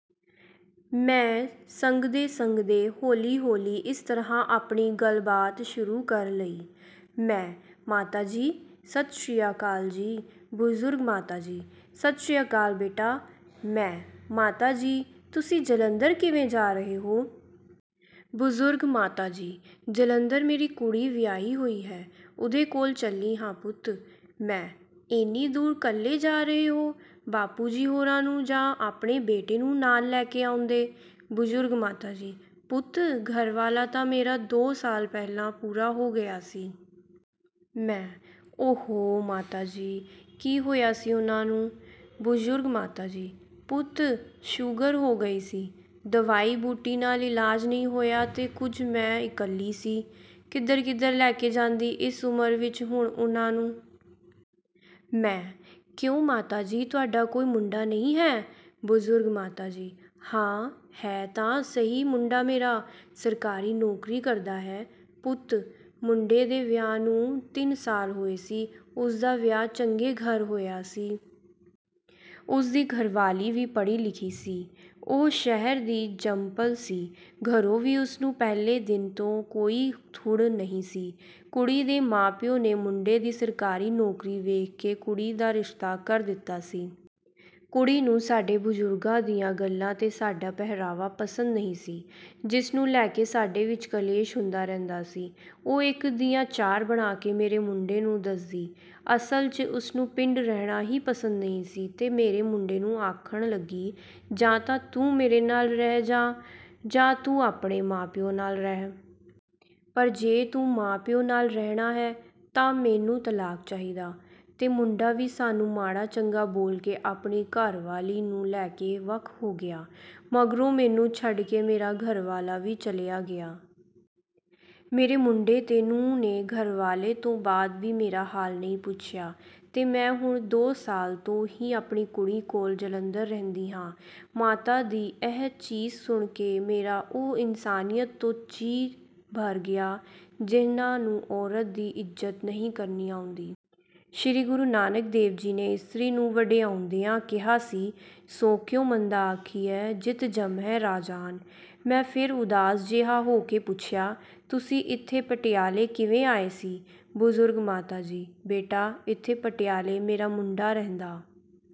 ਮੈਂ ਸੰਗਦੇ-ਸੰਗਦੇ ਹੌਲੀ-ਹੌਲੀ ਇਸ ਤਰ੍ਹਾਂ ਆਪਣੀ ਗੱਲਬਾਤ ਸ਼ੁਰੂ ਕਰ ਲਈ। ਮੈਂ: ਮਾਤਾ ਜੀ, ਸਤਿ ਸ੍ਰੀ ਅਕਾਲ ਜੀ। ਬਜ਼ੁਰਗ ਮਾਤਾ ਜੀ: ਸਤਿ ਸ੍ਰੀ ਅਕਾਲ ਬੇਟਾ। ਮੈਂ: ਮਾਤਾ ਜੀ, ਤੁਸੀਂ ਜਲੰਧਰ ਕਿਵੇਂ ਜਾ ਰਹੇ ਹੋ? ਬਜ਼ੁਰਗ ਮਾਤਾ ਜੀ ਜਲੰਧਰ ਮੇਰੀ ਕੁੜੀ ਵਿਆਹੀ ਹੋਈ ਹੈ। ਉਹਦੇ ਕੋਲ ਚੱਲੀ ਹਾਂ ਪੁੱਤ। ਮੈਂ ਐਨੀ ਦੂਰ ਕੱਲੇ ਜਾ ਰਹੇ ਹੋ? ਬਾਪੂ ਜੀ ਹੋਰਾਂ ਨੂੰ ਜਾਂ ਆਪਣੇ ਬੇਟੇ ਨੂੰ ਨਾਲ ਲੈਕੇ ਆਉਂਦੇ। ਬਜ਼ੁਰਗ ਮਾਤਾ ਜੀ ਪੁੱਤ, ਘਰਵਾਲਾ ਤਾਂ ਮੇਰਾ ਦੋ ਸਾਲ ਪਹਿਲਾਂ ਪੂਰਾ ਹੋ ਗਿਆ ਸੀ। ਮੈਂ ਓਹੋ ਮਾਤਾ ਜੀ, ਕੀ ਹੋਇਆ ਸੀ ਉਹਨਾਂ ਨੂੰ? ਬਜ਼ੁਰਗ ਮਾਤਾ ਜੀ ਪੁੱਤ, ਸ਼ੂਗਰ ਹੋ ਗਈ ਸੀ। ਦਵਾਈ-ਬੂਟੀ ਨਾਲ ਇਲਾਜ ਨਹੀਂ ਹੋਇਆ ਤੇ ਕੁਝ ਮੈਂ ਇਕੱਲੀ ਸੀ, ਕਿੱਧਰ-ਕਿੱਧਰ ਲੈ ਕੇ ਜਾਂਦੀ ਇਸ ਉਮਰ ਵਿੱਚ ਹੁਣ ਉਹਨਾਂ ਨੂੰ। ਮੈਂ ਕਿਉਂ ਮਾਤਾ ਜੀ, ਤੁਹਾਡਾ ਕੋਈ ਮੁੰਡਾ ਨਹੀਂ ਹੈ? ਬਜ਼ੁਰਗ ਮਾਤਾ ਜੀ ਹਾਂ, ਹੈ ਤਾਂ ਸਹੀ ਮੁੰਡਾ ਮੇਰਾ। ਸਰਕਾਰੀ ਨੌਕਰੀ ਕਰਦਾ ਹੈ। ਪੁੱਤ, ਮੁੰਡੇ ਦੇ ਵਿਆਹ ਨੂੰ ਤਿੰਨ ਸਾਲ ਹੋਏ ਸੀ। ਉਸਦਾ ਵਿਆਹ ਚੰਗੇ ਘਰ ਹੋਇਆ ਸੀ। ਉਸਦੀ ਘਰਵਾਲੀ ਵੀ ਪੜ੍ਹੀ-ਲਿਖੀ ਸੀ। ਉਹ ਸ਼ਹਿਰ ਦੀ ਜੰਮਪਲ ਸੀ। ਘਰੋਂ ਵੀ ਉਸਨੂੰ ਪਹਿਲੇ ਦਿਨ ਤੋਂ ਕੋਈ ਥੁੜ ਨਹੀਂ ਸੀ। ਕੁੜੀ ਦੇ ਮਾਂ-ਪਿਉ ਨੇ ਮੁੰਡੇ ਦੀ ਸਰਕਾਰੀ ਨੌਕਰੀ ਵੇਖ ਕੇ ਕੁੜੀ ਦਾ ਰਿਸ਼ਤਾ ਕਰ ਦਿੱਤਾ ਸੀ। ਕੁੜੀ ਨੂੰ ਸਾਡੇ ਬਜ਼ੁਰਗਾਂ ਦੀਆਂ ਗੱਲਾਂ ਤੇ ਸਾਡਾ ਪਹਿਰਾਵਾ ਪਸੰਦ ਨਹੀਂ ਸੀ, ਜਿਸ ਨੂੰ ਲੈ ਕੇ ਸਾਡੇ ਵਿੱਚ ਕਲੇਸ਼ ਹੁੰਦਾ ਰਹਿੰਦਾ ਸੀ। ਉਹ ਇੱਕ ਦੀਆਂ ਚਾਰ ਬਣਾ ਕੇ ਮੇਰੇ ਮੁੰਡੇ ਨੂੰ ਦੱਸਦੀ। ਅਸਲ 'ਚ ਉਸਨੂੰ ਪਿੰਡ ਰਹਿਣਾ ਹੀ ਪਸੰਦ ਨਹੀਂ ਸੀ ਤੇ ਮੇਰੇ ਮੁੰਡੇ ਨੂੰ ਆਖਣ ਲੱਗੀ, "ਜਾਂ ਤਾਂ ਤੂੰ ਮੇਰੇ ਨਾਲ ਰਹਿ ਜਾ, ਜਾਂ ਤੂੰ ਆਪਣੇ ਮਾਂ-ਪਿਉ ਨਾਲ ਰਹਿ। ਪਰ ਜੇ ਤੂੰ ਮਾਂ-ਪਿਉ ਨਾਲ ਰਹਿਣਾ ਹੈ ਤਾਂ ਮੈਨੂੰ ਤਲਾਕ ਚਾਹੀਦਾ। ਤੇ ਮੁੰਡਾ ਵੀ ਸਾਨੂੰ ਮਾੜਾ-ਚੰਗਾ ਬੋਲ ਕੇ ਆਪਣੀ ਘਰਵਾਲੀ ਨੂੰ ਲੈ ਕੇ ਵੱਖ ਹੋ ਗਿਆ। ਮਗਰੋਂ ਮੈਨੂੰ ਛੱਡ ਕੇ ਮੇਰਾ ਘਰਵਾਲਾ ਵੀ ਚੱਲਿਆ ਗਿਆ। ਮੇਰੇ ਮੁੰਡੇ ਤੇ ਨੂੰਹ ਨੇ ਘਰਵਾਲੇ ਤੋਂ ਬਾਅਦ ਵੀ ਮੇਰਾ ਹਾਲ ਨਹੀਂ ਪੁੱਛਿਆ ਤੇ ਮੈਂ ਹੁਣ ਦੋ ਸਾਲ ਤੋਂ ਹੀ ਆਪਣੀ ਕੁੜੀ ਕੋਲ ਜਲੰਧਰ ਰਹਿੰਦੀ ਹਾਂ। ਮਾਤਾ ਦੀ ਇਹ ਚੀਸ ਸੁਣ ਕੇ ਮੇਰਾ ਉਹ ਇਨਸਾਨੀਅਤ ਤੋਂ ਜੀਅ ਭਰ ਗਿਆ, ਜਿਹਨਾਂ ਨੂੰ ਔਰਤ ਦੀ ਇੱਜ਼ਤ ਨਹੀਂ ਕਰਨੀ ਆਉਂਦੀ। ਸ੍ਰੀ ਗੁਰੂ ਨਾਨਕ ਦੇਵ ਜੀ ਨੇ ਇਸਤਰੀ ਨੂੰ ਵਡਿਆਉਂਦਿਆਂ ਕਿਹਾ ਸੀ੍ਰ"ਸੋ ਕਿਉ ਮੰਦਾ ਆਖੀਐ ਜਿਤੁ ਜੰਮਹਿ ਰਾਜਾਨੁ॥" ਮੈਂ ਫੇਰ ਉਦਾਸ ਜਿਹਾ ਹੋ ਕੇ ਪੁੱਛਿਆ, "ਤੁਸੀਂ ਇੱਥੇ ਪਟਿਆਲੇ ਕਿਵੇਂ ਆਏ ਸੀ?" ਬਜ਼ੁਰਗ ਮਾਤਾ ਜੀ ਬੇਟਾ, ਇੱਥੇ ਪਟਿਆਲੇ ਮੇਰਾ ਮੁੰਡਾ ਰਹਿੰਦਾ